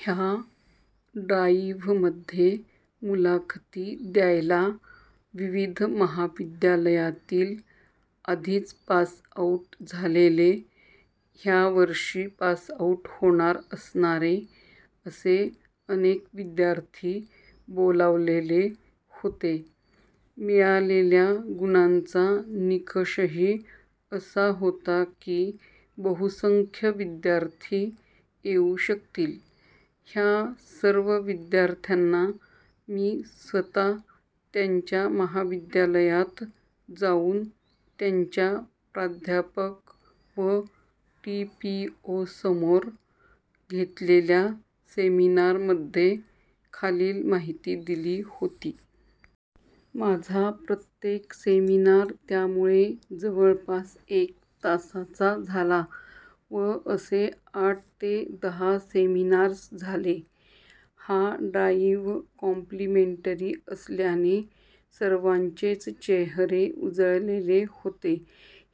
ह्या ड्राईव्हमध्ये मुलाखती द्यायला विविध महाविद्यालयातील आधीच पास आऊट झालेले, ह्या वर्षी पास आऊट होणार असणारे असे अनेक विद्यार्थी बोलावलेले होते. मिळालेल्या गुणांचा निकषही असा होता की बहुसंख्य विद्यार्थी येऊ शकतील. ह्या सर्व विद्यार्थ्यांना मी स्वतः त्यांच्या महाविद्यालयात जाऊन त्यांच्या प्राध्यापक व टीपीओ समोर घेतलेल्या सेमिनारमध्ये खालील माहिती दिली होती. माझा प्रत्येक सेमिनार त्यामुळे जवळपास एक तासाचा झाला व असे आठ ते दहा सेमिनार्स झाले. हा ड्राईव्ह काँप्लिमेंटरी असल्याने सर्वांचेच चेहरे उजळलेले होते.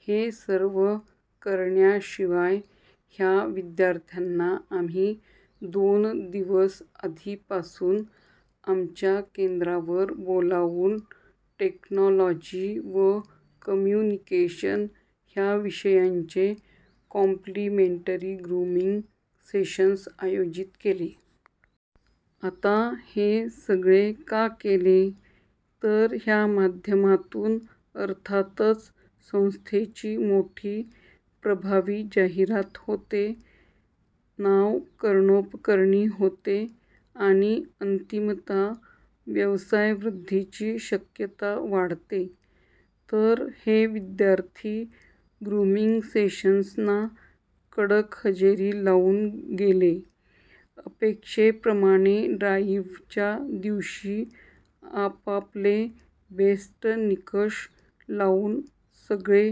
हे सर्व करण्याशिवाय ह्या विद्यार्थ्यांना आम्ही दोन दिवस आधीपासून आमच्या केंद्रावर बोलावून टेक्नॉलॉजी व कम्युनिकेशन ह्या विषयांचे 'काँप्लिमेंटरी' ग्रूमिंग सेशन्स आयोजीत केले. आता हे सगळे का केले? तर ह्या माध्यमातून अर्थातच संस्थेची मोठी, प्रभावी जाहिरात होते, नांव कर्णोपकर्णी होते आणि अंतिमतः व्यवसायवृद्धीची शक्यता वाढते. तर हे विद्यार्थी ग्रूमिंग सेशन्सना कडक हजेरी लावून गेले. अपेक्षेप्रमाणे ड्राईव्हच्या दिवशी आपापले 'बेस्ट' निकष लावून सगळे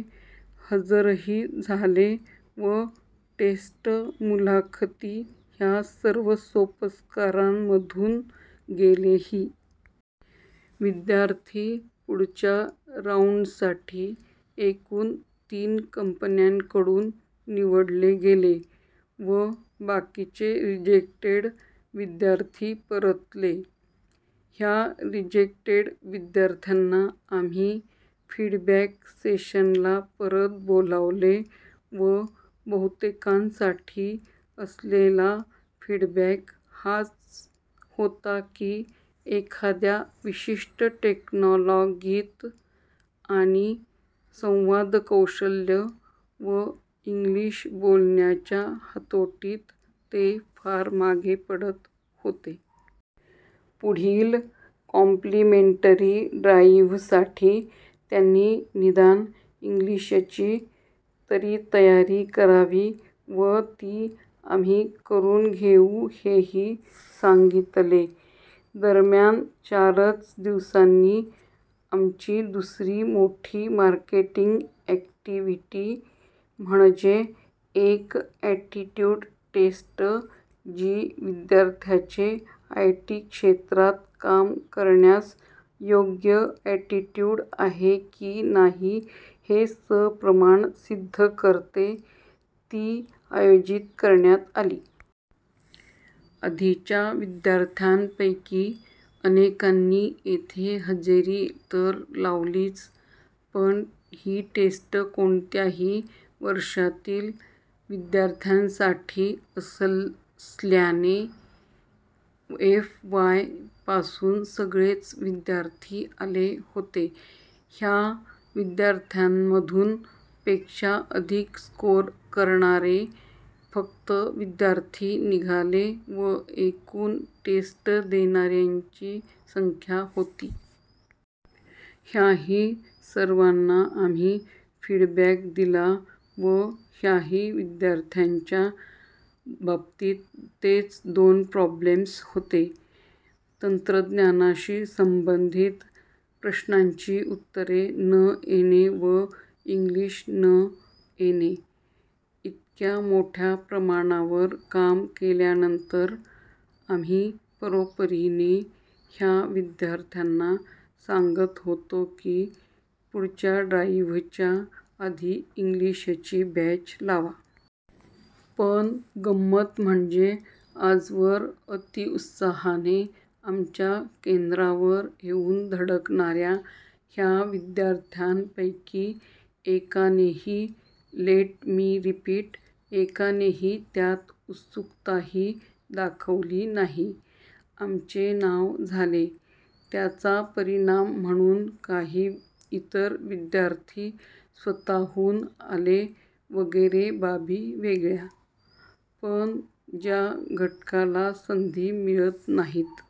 हजरही झाले व टेस्ट, मुलाखती ह्या सर्व सोपस्कारांमधून गेलेही. विद्यार्थी पुढच्या राऊंडसाठी एकुण तीन कंपन्यांकडून निवडले गेले व बाकीचे रिजेक्टेड विद्यार्थी परतले. ह्या रिजेक्टेड विद्यार्थ्यांना आम्ही फीडबॅक सेशनला परत बोलावले व बहुतेकांसाठी असलेला फीडबॅक हाच होता की एखाद्या विशिष्ट टेक्नॉलॉगीत आणि संवादकौशल्य व इंग्लिश बोलण्याच्या हातोटीत ते फार मागे पडत होते. पुढील काँप्लिमेंटरी ड्राईव्हसाठी त्यांनी निदान इंग्लिशची तरी तयारी करावी व ती आम्ही करून घेऊ हेही सांगितले.. दरम्यान चारच दिवसांनी आमची दुसरी मोठी मार्केटिंग अॅक्टिव्हिटी म्हणजे एक अॅप्टिट्यूड टेस्ट, जी विद्यार्थ्याचे आय टी क्षेत्रात काम करण्यास योग्य अॅप्टिट्यूड आहे की नाही हे सप्रमाण सिद्ध करते, ती आयोजीत करण्यात आली. आधीच्या विद्यार्थ्यांपैकी अनेकांनी येथे हजेरी तर लावलीच, पण ही टेस्ट कोणत्याही वर्षातील विद्यार्थ्यांसाठी असस्ल्याने एफ वाय पासून सगळेच विद्यार्थी आले होते. ह्या विद्यार्थ्यांमधून पेक्षा अधिक स्कोर करणारे फक्त विद्यार्थी निघाले व एकुण टेस्ट देणार्यांची संख्या होती. ह्याही सर्वांना आम्ही फीडबॅक दिला व ह्याही विद्यार्थ्यांच्या बाबतीत तेच दोन प्रॉब्लेम्स होते. तंत्रज्ञानाशी संबंधित प्रश्नांची उत्तरे न येणे व इंग्लिश न येणे! इतक्या मोठ्या प्रमाणावर काम केल्यानंतर आम्ही परोपरीने ह्या विद्यार्थ्यांना सांगत होतो की पुढच्या ड्राईव्हच्या आधी इंग्लिशची बॅच लावा. पण गंमत म्हणजे आजवर अतीउत्साहाने आमच्या केंद्रावर येऊन धडकणार्या ह्या विद्यार्थ्यांपैकी एकानेही, लेट मी रीपिट, एकानेही त्यात उत्सुकताही दाखवली नाही. आमचे नांव झाले, त्याचा परिणाम म्हणून काही इतर विद्यार्थी स्वतःहून आले वगैरे बाबी वेगळ्या! पण ज्या घटकाला संधी मिळत नाहीत